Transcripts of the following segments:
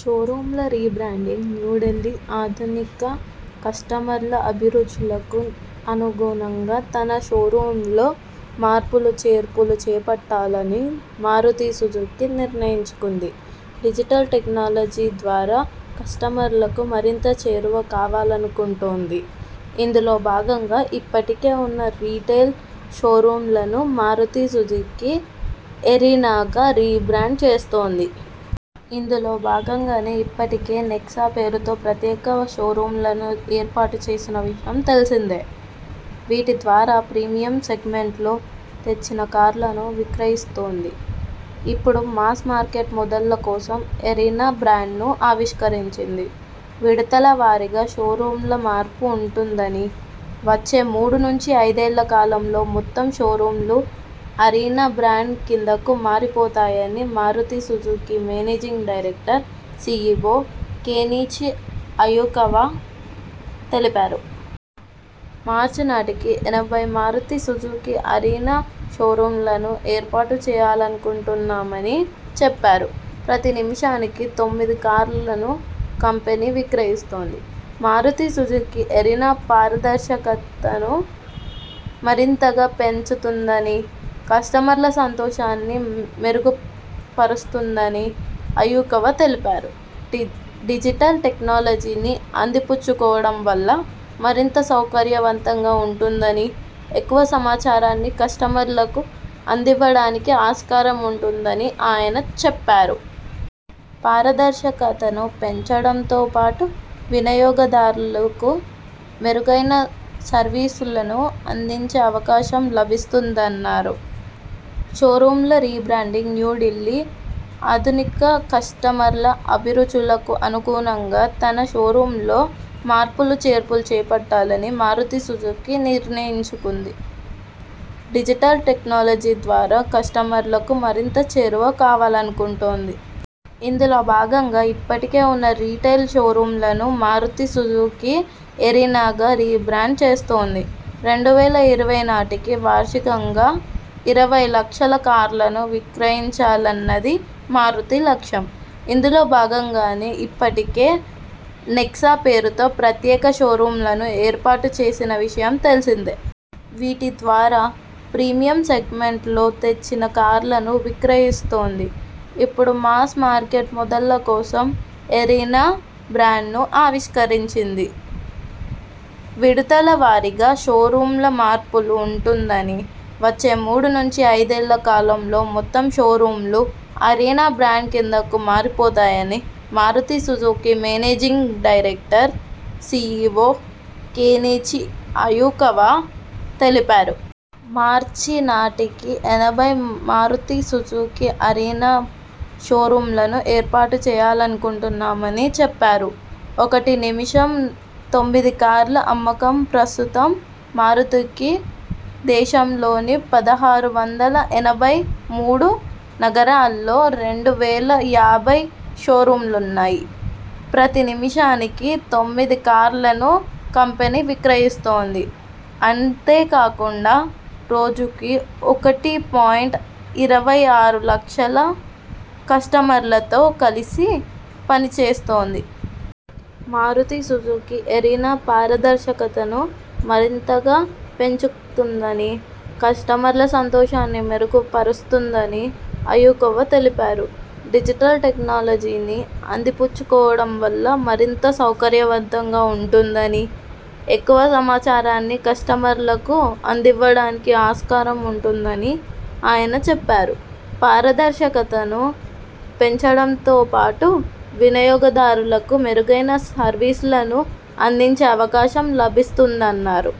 షోరూమ్ల rebranding New Delhi ఆధునిక కస్టమర్ల అభిరుచులకు అనుగుణంగా తన షోరూమ్లలో మార్పులు చేర్పులు చేపట్టాలని మారుతి సుజుకీ నిర్ణయించుకుంది. డిజిటల్ టెక్నాలజీ ద్వారా కస్టమర్లకు మరింత చేరువ కావాలనుకుంటోంది. ఇందులో భాగంగా ఇప్పటికే ఉన్న రిటైల్ షోరూమ్లను మారుతి సుజుకీ ఎరీనాగా రీబ్రాండ్ చేస్తోంది. ఇందులో భాగంగానే ఇప్పటికే నెక్సా పేరుతో ప్రత్యేక షోరూమ్లను ఏర్పాటు చేసిన విషయం తెలిసిందే. వీటి ద్వారా ప్రీమియం సెగ్మెంట్లో తెచ్చిన కార్లను విక్రయిస్తోంది. ఇప్పుడు మాస్ మార్కెట్ మోడళ్ల కోసం ఎరీనా బ్రాండ్ను ఆవిష్కరించింది. విడతల వారీగా షోరూమ్ల మార్పు ఉంటుందని, వచ్చే మూడు నుంచి ఐదేళ్ల కాలంలో మొత్తం షోరూమ్లు అరీనా బ్రాండ్ కిందకు మారిపోతాయని Maruti Suzuki managing director, CEO Kenichi Ayukawa తెలిపారు. మార్చి నాటికి ఎనభై మారుతి సుజుకీ అరీనా షోరూమ్లను ఏర్పాటు చేయాలనుకుంటున్నామని చెప్పారు. ప్రతి నిమిషానికి తొమ్మిది కార్లను కంపెనీ విక్రయిస్తోంది. మారుతి సుజుకీ ఎరీనా పార దర్శకతను మరింతగా పెంచుతుందని, కస్టమర్ల సంతోషాన్ని మెరుగు పరుస్తుందని అయుకవా తెలిపారు. డిజిటల్ టెక్నాలజీని అంది పుచ్చుకోవడం వల్ల మరింత సౌకర్యవంతంగా ఉంటుందని, ఎక్కువ సమాచారాన్ని కస్టమర్లకు అందివ్వడానికి ఆస్కారం ఉంటుందని ఆయన చెప్పారు. పారదర్శకతను పెంచడంతో పాటు వినియోగదారులకు మెరుగైన సర్వీసులను అందించే అవకాశం లభిస్తుందన్నారు. షోరూమ్ల రీబ్రాండింగ్ న్యూ ఢిల్లీ ఆధునిక కస్టమర్ల అభి రుచులకు అనుగుణంగా తన షోరూమ్లలో మార్పులు చేర్పులు చేపట్టాలని మారుతి సుజుకీ నిర్ణయించుకుంది. డిజిటల్ టెక్నాలజీ ద్వారా కస్టమర్లకు మరింత చేరువ కావాలనుకుంటోంది. ఇందులో భాగంగా ఇప్పటికే ఉన్న రిటైల్ షోరూమ్లను మారుతి సుజుకీ ఎరీనాగా రీబ్రాండ్ చేస్తోంది. రెండు వేల ఇరవై నాటికి వార్షికంగా ఇరవై లక్షల కార్లను విక్రయించాలన్నది మారుతి లక్ష్యం. ఇందులో భాగం గానే ఇప్పటికే నెక్సా పేరుతో ప్రత్యేక షోరూమ్లను ఏర్పాటు చేసిన విషయం తెలిసిందే. వీటి ద్వారా ప్రీమియం సెగ్మెంట్లో తెచ్చిన కార్లను విక్రయిస్తోంది. ఇప్పుడు మాస్ మార్కెట్ మోడళ్ల కోసం ఎరీనా బ్రాండ్ను ఆవిష్కరించింది. విడతల వారీగా షోరూమ్ల మార్పు లో ఉంటుందని, వచ్చే మూడు నుంచి ఐదేళ్ల కాలంలో మొత్తం షోరూమ్లు అరీనా బ్రాండ్ కిందకు మారిపోతాయని Maruti Suzuki managing director, CEO Kenichi Ayukawa తెలిపారు. మార్చి నాటికి ఎనభై మారుతి సుజుకీ అరీనా షోరూమ్లను ఏర్పాటు చేయాలనుకుంటున్నామని చెప్పారు. ఒకటి నిమిషం తొమ్మిది కార్ల అమ్మకం ప్రస్తుతం మారుతికి దేశంలోని పదహారు వందల ఎనభై మూడు నగరాల్లో రెండు వేల యాభై షోరూమ్లున్నాయి. ప్రతి నిమిషానికి తొమ్మిది కార్లను కంపెనీ విక్రయిస్తోంది. అంతే కాకుండా రోజుకు ఒకటి పాయింట్ ఇరవై ఆరు లక్షల కస్టమర్లతో కలిసి పనిచేస్తోంది. మారుతి సుజుకీ ఎరీనా పార దర్శకతను మరింతగా పెంచుతుందని, కస్టమర్ల సంతోషాన్ని మెరుగు పరుస్తుందని అయుకవా తెలిపారు. డిజిటల్ టెక్నాలజీని అంది పుచ్చుకోవడం వల్ల మరింత సౌకర్యవంతంగా ఉంటుందని, ఎక్కువ సమాచారాన్ని కస్టమర్లకు అందివ్వడానికి ఆస్కారం ఉంటుందని ఆయన చెప్పారు. పార దర్శకతను పెంచడంతో పాటు వినియోగ దారులకు మెరుగైన సర్వీసులను అందించే అవకాశం లభిస్తుందన్నారు.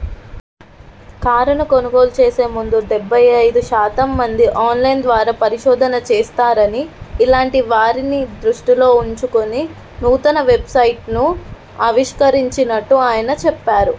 కారును కొనుగోలు చేసే ముందు డెబ్బై ఐదు శాతం మంది ఆన్లైన్ ద్వారా పరిశోధనా చేస్తరని, ఇలాంటి వారిని దృష్టిలో ఉంచుకుని నూతన వెబ్సైట్ను ఆవిష్కరించినట్టు ఆయన చెప్పారు.